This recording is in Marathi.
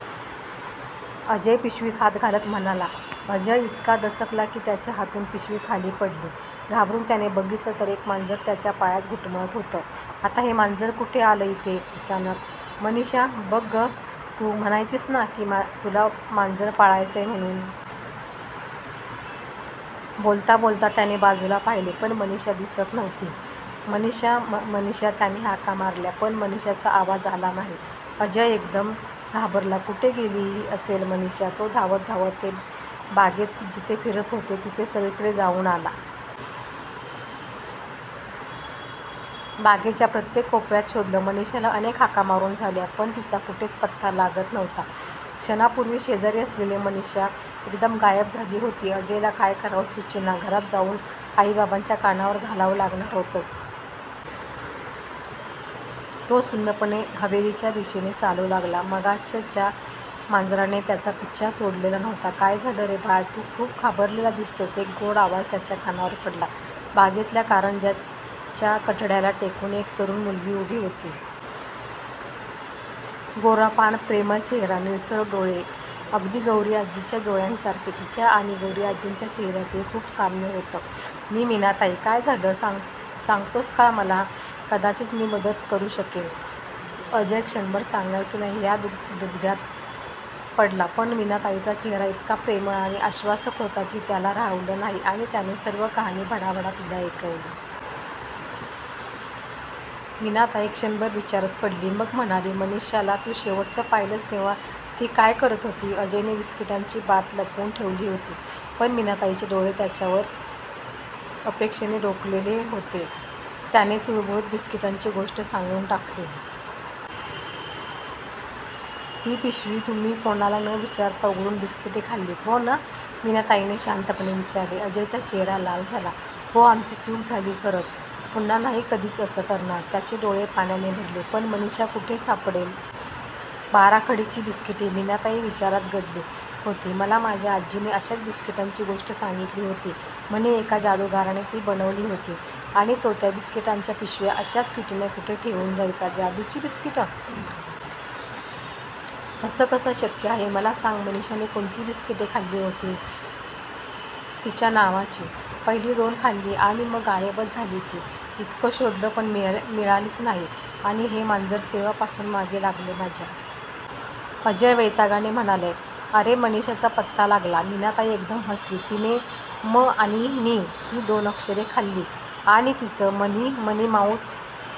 अजय पिशवीत हात घालत म्हणाला. अजय इतका दचकला की त्याच्या हातून पिशवी खाली पडली. घाबरून त्याने बघितलं तर एक मांजर त्याच्या पायात घुटमळत होतं. आता हे मांजर कुठे आलं इथे अचानक. मनीषा बघ ग, तू म्हणायचीस ना की तुला मांजर पाळायचय म्हणून? बोलता बोलता त्याने बाजूला पाहिले पण मनीषा दिसत नव्हती. "मनीषा, मनीषा" त्याने हाका मारल्या पण मनीषाचा आवाज आला नाही. अजय एकदम घाबरला. कुठे गेली असेल मनीषा. तो धावत धावत ते बागेत जिथे फिरत होते तिथे सगळीकडे जाऊन आला. बागेच्या प्रत्येक कोपर्यात शोधलं, मनीषाला अनेक हाका मारून झाल्या पण तिचा कुठेच पत्ता लागत नव्हता. क्षणापूर्वी शेजारी असलेली मनीषा एकदम गायब झाली होती. अजयला काय करावं सुचेना. घरात जाऊन आई बाबांच्या कानावर घालावं लागणार होतंच. तो सुन्नपणे हवेलीच्या दिशेने चालू लागला. मगाचच्या मांजराने त्याचा पिच्छा सोडलेला नव्हता. "काय झालं रे बाळ? तू खूप घाबरलेला दिसतोस" एक गोड आवाज त्याच्या कानावर पडला. बागेतल्या कारंज्याच्या कठड्याला टेकून एक तरूण मुलगी उभी होती. गोरापान, प्रेमळ चेहरा. निळसर डोळे. अगदी गौरीआजीच्या डोळ्यांसारखे. तिच्या आणि गौरीआजीच्या चेहर्यातही खूप साम्य होतं. "मी मीनाताई. काय झालं सांगतोस का मला? कदाचित मी मदत करू शकेन." अजय क्षणभर सांगावे की नाही या दुग्ध्यात पडला पण मीनाताईचा चेहरा इतका प्रेमळ आणि आश्वासक होता की त्याला राहावलं नाही आणि त्याने सर्व कहाणी भडाभडा तिला ऐकवली. मीनाताई क्षणभर विचारात पडली मग म्हणाली. "मनीषाला तू शेवटचं पाहिलस तेव्हा ती काय करत होती? " अजयने बिस्किटांची बात लपवून ठेवली होती पण मीनाताईचे डोळे त्याच्यावर अपेक्षेने रोखलेले होते. त्याने चुळबुळत बिस्किटांची गोष्ट सांगून टाकली. "ती पिशवी तुम्ही कोणाला न विचारता उघडून बिस्किटे खाल्लीत, हो ना? " मीनाताईने शांतपणे विचारले. अजयचा चेहरा लाल झाला " हो आमची चूक झाली खरंच. पुन्हा नाही कधीच असं करणार' त्याचे डोळे पाण्याने भरले ' पण मनीषा कुठे सापडेल? " बाराखडीची बिस्किटे मीनाताई विचारात गढली होती मला माझ्या आजीने अशाच बिस्किटांची गोष्ट सांगितली होती. म्हणे एका जादूगाराने ती बनवली होती आणि तो त्या बिस्किटांच्या पिशव्या अशाच कुठे ना कुठे ठेवून जायचा "जादूची बिस्किटं? असं कसं शक्य आहे? " "मला सांग मनीषाने कोणती बिस्किटे खाल्ली होती? " "तिच्या नावाची. पहिली दोन खाल्ली आणि मग गायबच झाली ती. इतकं शोधलं पण मिळालीच नाही. आणि हे मांजर तेव्हापासून मागे लागलय माझ्या.! " अजय वैतागाने म्हणाला. "अरे मनीषाचा पत्ता लागला! "मीनाताई एकदम हसली "तिने 'म' आणि 'नी' ही दोन अक्षरे खाल्ली आणि तिचं मनी मनीमाऊत